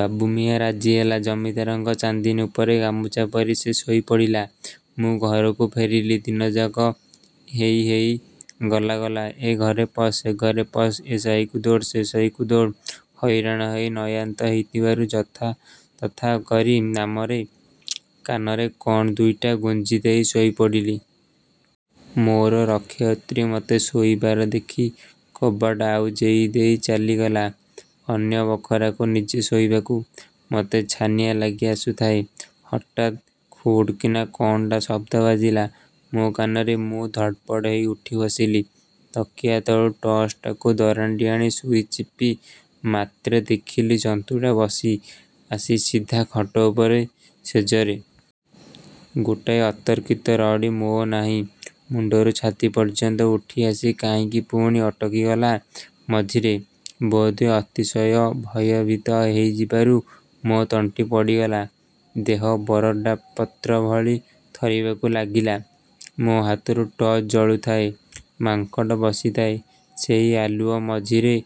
ବାବୁମିଆଁ ରାଜି ହେଲା। ଜମିଦାରଙ୍କ ଚାନ୍ଦିନୀ ଉପରେ ଗାମୁଛା ପାରି ସେ ଶୋଇପଡ଼ିଲା। ମୁଁ ଘରକୁ ଫେରିଲି। ଦିନଯାକ ହେଇ ହେଇ, ଗଲା ଗଲା, ଏ ଘରେ ପଶ ସେ ଘରେ ପଶ, ଏ ସାହିକୁ ଦୌଡ଼ ସେ ସାହିକୁ ଦୌଡ଼। ହଇରାଣ ହୋଇ ନୟାନ୍ତ ହୋଇଥିବାରୁ ଯଥାତଥା କରି ନାକରେ କାନରେ କ'ଣ ଦୁଇଟା ଗୁଞ୍ଜିଦେଇ ଶୋଇପଡ଼ିଲି। ମୋର ରକ୍ଷୟିତ୍ରୀ ମତେ ଶୋଇବାର ଦେଖି କବାଟ ଆଉଜେଇ ଦେଇ ଚାଲିଗଲା ଅନ୍ୟ ବଖରାକୁ ନିଜେ ଶୋଇବାକୁ। ମତେ ଛାଇନିଦ ଲାଗିଆସୁଥାଏ। ହଠାତ୍ ଖୁଡକିନା କ'ଣଟାଏ ଶବ୍ଦ ବାଜିଲା ମୋ କାନରେ। ମୁଁ ଧଡ଼ପଡ଼ ହୋଇ ଉଠିବସିଲି। ତକିଆ ତଳୁ ଟର୍ଚ୍ଚଟାକୁ ଦରାଣ୍ଡି ଆଣି ସୁଇଚ୍ ଟିପିବା ମାତ୍ରେ ଦେଖିଲି, ଜନ୍ତୁଟା ବସିଛି ଆସି ସିଧା ଖଟ ଉପରେ, ଶେଯରେ। ଗୋଟାଏ ଅତର୍କିତ ରଡ଼ି ମୋ ନାହି ମୁଣ୍ଡାରୁ ଛାତି ପର୍ଯ୍ୟନ୍ତ ଉଠିଆସି କାହିଁକି ପୁଣି ଅଟକିଗଲା ମଝିରେ। ବୋଧହୁଏ ଅତିଶୟ ଭୟଭୀତ ହୋଇଯିବାରୁ ମୋ ତଣ୍ଟି ପଡ଼ିଗଲା। ଦେହ ବରଡ଼ାପତ୍ର ଭଳି ଥରିବାକୁ ଲାଗିଲା। ମୋ ହାତରୁ ଟର୍ଚ୍ଚ ଜଳୁଥାଏ। ମାଙ୍କଡ଼ ବସିଥାଏ ସେଇ ଆଲୁଅ ମଝିରେ,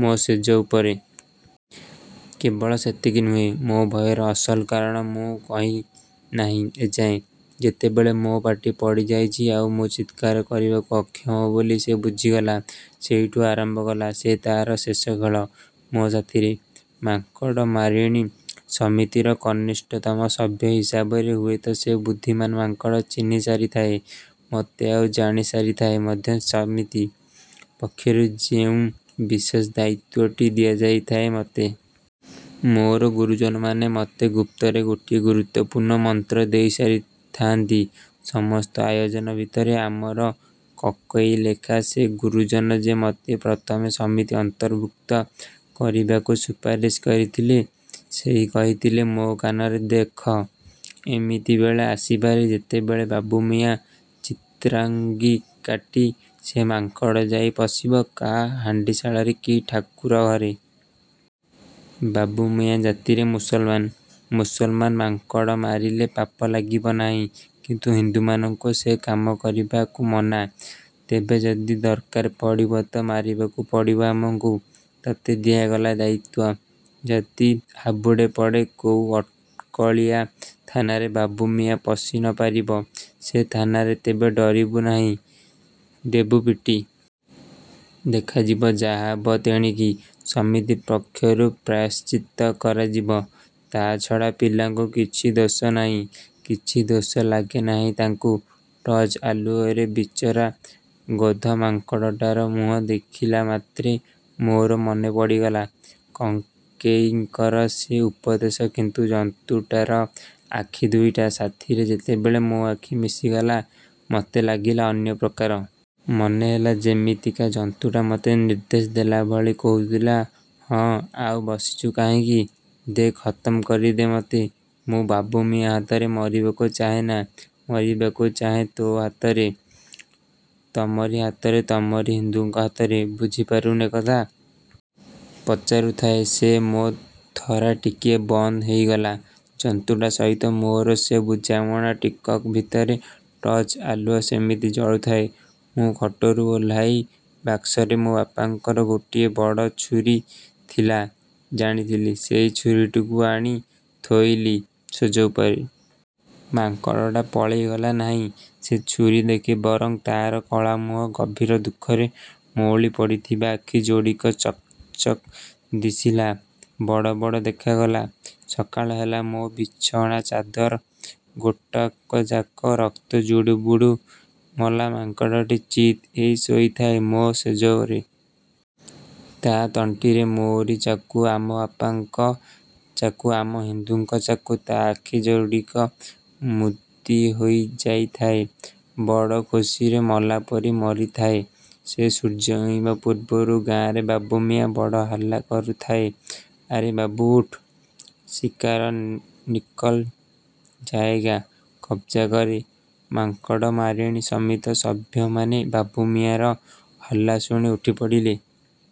ମୋ ଶେଯ ଉପରେ। କେବଳ ସେତିକି ନୁହେଁ। ମୋ ଭୟର ଅସଲ କାରଣ ମୁଁ କହିନାହିଁ ଏଯାଏ। ଯେତେବେଳେ ମୋ ପାଟି ପଡ଼ିଯାଇଛି ଆଉ ମୁଁ ଚିତ୍କାର କରିବାକୁ ଅକ୍ଷମ ବୋଲି ସେ ବୁଝିଗଲା, ସେଇଠୁ ଆରମ୍ଭ କଲା ସେ ତାର ଶେଷ ଖେଳ ମୋ ସାଥିରେ। ମାଙ୍କଡ଼ମାରିଣୀ ସମିତିର କନିଷ୍ଠତମ ସଭ୍ୟ ହିସାବରେ ହୁଏତ ସେ ବୁଦ୍ଧିମାନ ମାଙ୍କଡ଼ ଚିହ୍ନିସାରିଥାଏ ମତେ ଆଉ ଜାଣିସାରିଥାଏ ମଧ୍ୟ ସମିତି ପକ୍ଷରୁ ଯେଉଁ ବିଶେଷ ଦାୟିତ୍ୱଟି ଦିଆଯାଇଥାଏ ମତେ। ମୋର ଗୁରୁଜନମାନେ ମତେ ଗୁପ୍ତରେ ଗୋଟିଏ ଗୁରୁତ୍ୱପୂର୍ଣ୍ଣ ମନ୍ତ୍ର ଦେଇସାରିଥାନ୍ତି ସମସ୍ତ ଆୟୋଜନ ଭିତରେ। ଆମର କକେଇ ଲେଖା ସେ ଗୁରୁଜନ ଯେ ମତେ ପ୍ରଥମେ ସମିତି ଅନ୍ତର୍ଭୁକ୍ତ କରିବାକୁ ସୁପାରିଶ କରିଥିଲେ, ସେଇ କହିଥିଲେ ମୋ କାନରେ, ଦେଖ! ଏମିତି ବେଳ ଆସିପାରେ ଯେତେବେଳେ ବାବୁମିଆଁକୁ ଚିତ୍ରାଙ୍ଗି କାଟି ସେ ମାଙ୍କଡ଼ ଯାଇ ପଶିବ କାହା ହାଣ୍ଡିଶାଳରେ କି ଠାକୁର ଘରେ। ବାବୁମିଆଁ ଜାତିରେ ମୁସଲମାନ। ମୁସଲମାନ ମାଙ୍କଡ଼ ମାରିଲେ ପାପ ଲାଗିବ ନାହିଁ। କିନ୍ତୁ ହିନ୍ଦୁମାନଙ୍କୁ ସେ କାମ କରିବାକୁ ମନା। ତେବେ ଯଦି ଦରକାର ପଡ଼ିବ ତ ମାରିବାକୁ ପଡ଼ିବ ଆମକୁ। ତତେ ଦିଆଗଲା ଏ ଦାୟିତ୍ୱ। ଯଦି ହାବୁଡ଼େ ପଡ଼େ କୋଉ ଅକଳିଆ ଥାନରେ, ବାବୁମିଆଁ ପଶି ନ ପାରିବ ସେ ଥାନରେ, ତେବେ ଡରିବୁ ନାହିଁ, ଦେବୁ ପିଟି। ଦେଖାଯିବ ଯାହା ହେବ ତେଣିକି। ସମିତି ପକ୍ଷରୁ ପ୍ରାୟଶ୍ଚିତ୍ତ କରାଯିବ। ତା' ଛଡ଼ା ପିଲାଙ୍କୁ କିଛି ଦୋଷ ନାହିଁ, କିଛି ଦୋଷ ଲାଗେ ନାହିଁ ତାଙ୍କୁ। ଟର୍ଚ୍ଚ ଆଲୁଅରେ ବିଚରା ଗେଧ ମାଙ୍କଡ଼ଟାର ମୁହଁ ଦେଖିଦେଲା ମାତ୍ରେ ମୋର ମନେପଡ଼ିଗଲା କକେଇଙ୍କର ସେ ଉପଦେଶ। କିନ୍ତୁ ଜନ୍ତୁଟାର ଆଖି ଦୁଇଟା ସାଥିରେ ଯେତେବେଳେ ମୋ ଆଖି ମିଶିଗଲା, ମତେ ଲାଗିଲା ଅନ୍ୟ ପ୍ରକାର। ମନେହେଲା ଯେମିତିକା ଜନ୍ତୁଟା ମତେ ନିର୍ଦ୍ଦେଶ ଦେଲା ଭଳି କହୁଥିଲା, ହେଁ! ଆଉ ବସିଛୁ କାହିଁକି? ଦେ, ଖତମ କରିଦେ ମତେ। ମୁଁ ବାବୁମିଆଁ ହାତରେ ମରିବାକୁ ଚାହେଁନା, ମରିବାକୁ ଚାହେଁ ତୋରି ହାତରେ! ତମରି ହାତରେ! ତମରି ହିନ୍ଦୁଙ୍କ ହାତରେ! ବୁଝିପାରୁନୁ ଏ କଥା? ପଚାରୁଥାଏ ସେ। ମୋ ଥରା ଟିକିଏ ବନ୍ଦ ହୋଇଗଲା, ଜନ୍ତୁଟା ସହିତ ମୋର ସେ ବୁଝାମଣା ଟିକକ ଭିତରେ। ଟର୍ଚ୍ଚ ଆଲୁଅ ସେମିତି ଜଳୁଥାଏ। ମୁଁ ଖଟରୁ ଓହ୍ଲାଇଲି। ବାକ୍ସରେ ମୋ ବାପାଙ୍କର ଗୋଟିଏ ବଡ଼ ଛୁରୀ ଥିଲା, ଜାଣିଥିଲି। ସେଇ ଛୁରୀଟିକୁ ଆଣି ଥୋଇଲି ଶେଯ ଉପରେ। ମାଙ୍କଡ଼ଟା ପଳେଇଗଲା ନାହିଁ ସେ ଛୁରୀ ଦେଖି। ବରଂ ତାର କଳା ମୁହଁରେ ଗଭୀର ଦୁଃଖରେ ମଉଳିପଡ଼ିଥିବା ଆଖି ଯୋଡ଼ିକ ଚକଚକ ଦିଶିଲା। ବଡ଼ ବଡ଼ ଦେଖାଗଲା। ସକାଳ ହେଲା। ମୋ ବିଛଣାଚାଦର ଗୋଟାକଯାକ ରକ୍ତ ଜୁଡ଼ୁବୁଡ଼ୁ। ମଲା ମାଙ୍କଡ଼ଟି ଚିତ୍ ହୋଇ ଶୋଇଥାଏ ମୋ ଶେଯରେ। ତା' ତଣ୍ଟିରେ ମୋରି ଚାକୁ, ଆମ ବାପାଙ୍କ ଚାକୁ, ଆମ ହିନ୍ଦୁଙ୍କ ଚାକୁ। ତା' ଆଖି ଯୋଡ଼ିକ ମୁଦିହୋଇଯାଇଥାଏ। ବଡ଼ ଖୁସିରେ ମଲା ପରି ମରିଥାଏ ସେ। ସୂର୍ଯ୍ୟ ଉଇଁବା ପୂର୍ବରୁ ଗାଁରେ ବାବୁମିଆଁ ବଡ଼ ହଲ୍ଲା କରୁଥାଏ, ଆରେ ବାବୁ ଉଠୋ! ଶିକାର ନିକଲ ଯାଏଗା। କବ୍‌ଜା କରୋ। ମାଙ୍କଡ଼ମାରିଣୀ ସମିତିର ସଭ୍ୟମାନେ ବାବୁମିଆଁର ହଲ୍ଲା ଶୁଣି ଉଠିପଡ଼ିଲେ।